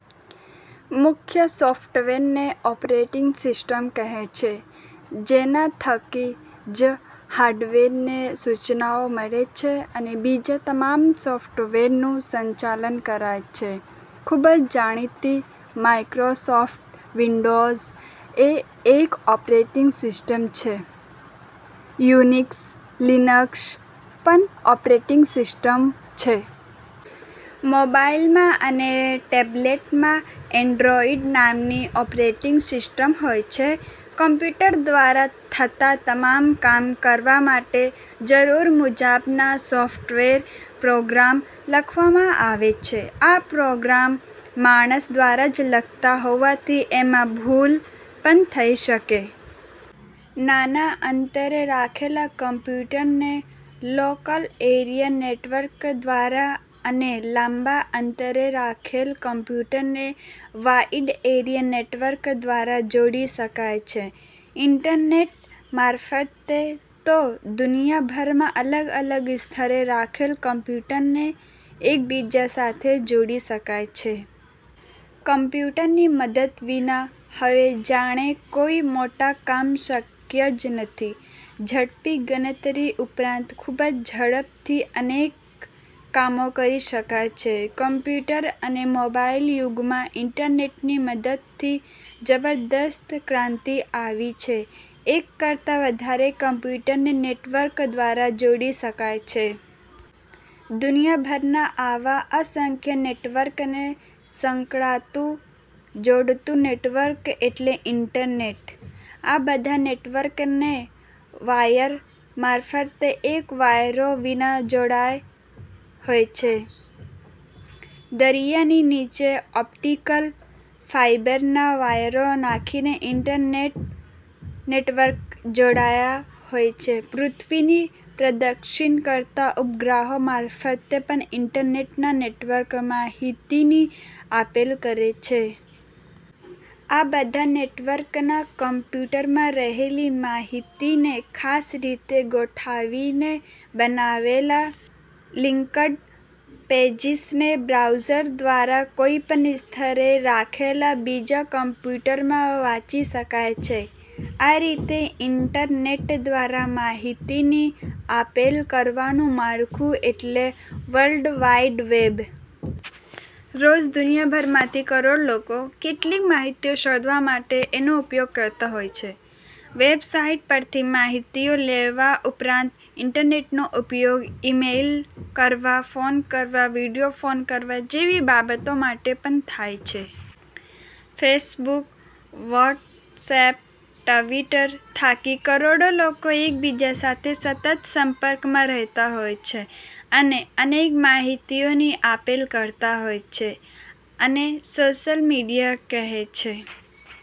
મુખ્ય સોફ્ટવેરને operating system કહે છે જેના થકી જ હાર્ડવેરને સૂચનાઓ મળે છે અને બીજા તમામ સોફ્ટવેરનું સંચાલન કરાય છે. ખુબ જ જાણીતી માઈક્રોસોફ્ટ વિન્ડોઝ એ એક ઓપરેટીંગ સિસ્ટમ છે. યુનિક્સ, લીનક્ષ પણ ઓપરેટીંગ સિસ્ટમ છે. મોબાઈલમાં અને ટેબ્લેટમાં એન્ડ્રોઈડ નામની ઓપરેટીંગ સિસ્ટમ હોય છે. કોમ્પ્યુટર દ્વારા થતા તમામ કામ કરવા માટે જરૂર મુજબના સોફ્ટવેર પ્રોગ્રામ લખવામાં આવે છે. આ પ્રોગ્રામ માણસ દ્વારા જ લખાતા હોવાથી એમાં ભૂલ પણ થઇ શકે. નાના અંતરે રાખેલા કોમ્પ્યુટરને લોકલ એરિયા નેટવર્ક દ્વારા અને લાંબા અંતરે રાખેલા કોમ્પ્યુટરને વાઇડ એરિયા નેટવર્ક દ્વારા જોડી શકાય છે. ઈન્ટરનેટ મારફતે તો દુનિયાભરમાં અલગ અલગ સ્થળે રાખેલા કોમ્પ્યુટરને એકબીજા સાથે જોડી શકાય છે. કોમ્પ્યુટરની મદદ વિના હવે જાણે કોઈ મોટા કામ શક્ય જ નથી! ઝડપી ગણતરી ઉપરાંત ખુબ જ ઝડપથી અનેક કામો કરી શકાય છે. કોમ્પ્યુટર અને મોબાઈલ યુગમાં ઈન્ટરનેટની મદદથી જબરદસ્ત ક્રાંતિ આવી છે. એક કરતાં વધારે કોમ્પ્યુટરને નેટવર્ક દ્વારા જોડી શકાય છે. દુનિયાભરના આવા અસંખ્ય નેટવર્કને સાંકળતું-જોડતું નેટવર્ક એટલે ઈન્ટરનેટ. આ બધા નેટવર્કને વાયરો મારફતે કે વાયરો વિના જોડ્યા હોય છે. દરિયાની નીચે ઓપ્ટીકલ ફાઈબરના વાયરો નાંખીને ઈન્ટરનેટના નેટવર્ક જોડ્યા હોય છે. પૃથ્વીની પ્રદક્ષિણા કરતા ઉપગ્રહો મારફતે પણ ઈન્ટરનેટના નેટવર્ક માહિતીની આપલે કરે છે. આ બધા નેટવર્કમાંના કોમ્પ્યુટરમાં રહેલી માહિતીને ખાસ રીતે ગોઠવીને બનાવેલા "લીંકડ પેજીસ" ને બ્રાઉઝર દ્વારા કોઈ પણ સ્થળે રાખેલા બીજા કોમ્પ્યુટરમાં વાંચી શકાય છે. આ રીતે ઈન્ટરનેટ દ્વારા માહિતીની આપલે કરવાનું માળખું એટલે "વર્લ્ડ વાઇડ વેબ". રોજ દુનિયાભરમાંથી કરોડો લોકો કેટલીય માહિતીઓ શોધવા માટે એનો ઉપયોગ કરતા હોય છે. વેબ સાઈટ પરથી માહિતીઓ લેવા ઉપરાંત ઈન્ટરનેટનો ઉપયોગ ઇમેઈલ કરવા, ફોન કરવા, વિડીયો ફોન કરવા જેવી બાબતો માટે પણ થાય છે. ફેસબુક, વ્હોટસએપ, ટવીટર થકી કરોડો લોકો એકબીજા સાથે સતત સંપર્કમાં રહેતા હોય છે અને અનેક માહિતીઓની આપલે કરતા હોય છે. આને સોશિઅલ મીડિયા કહે છે.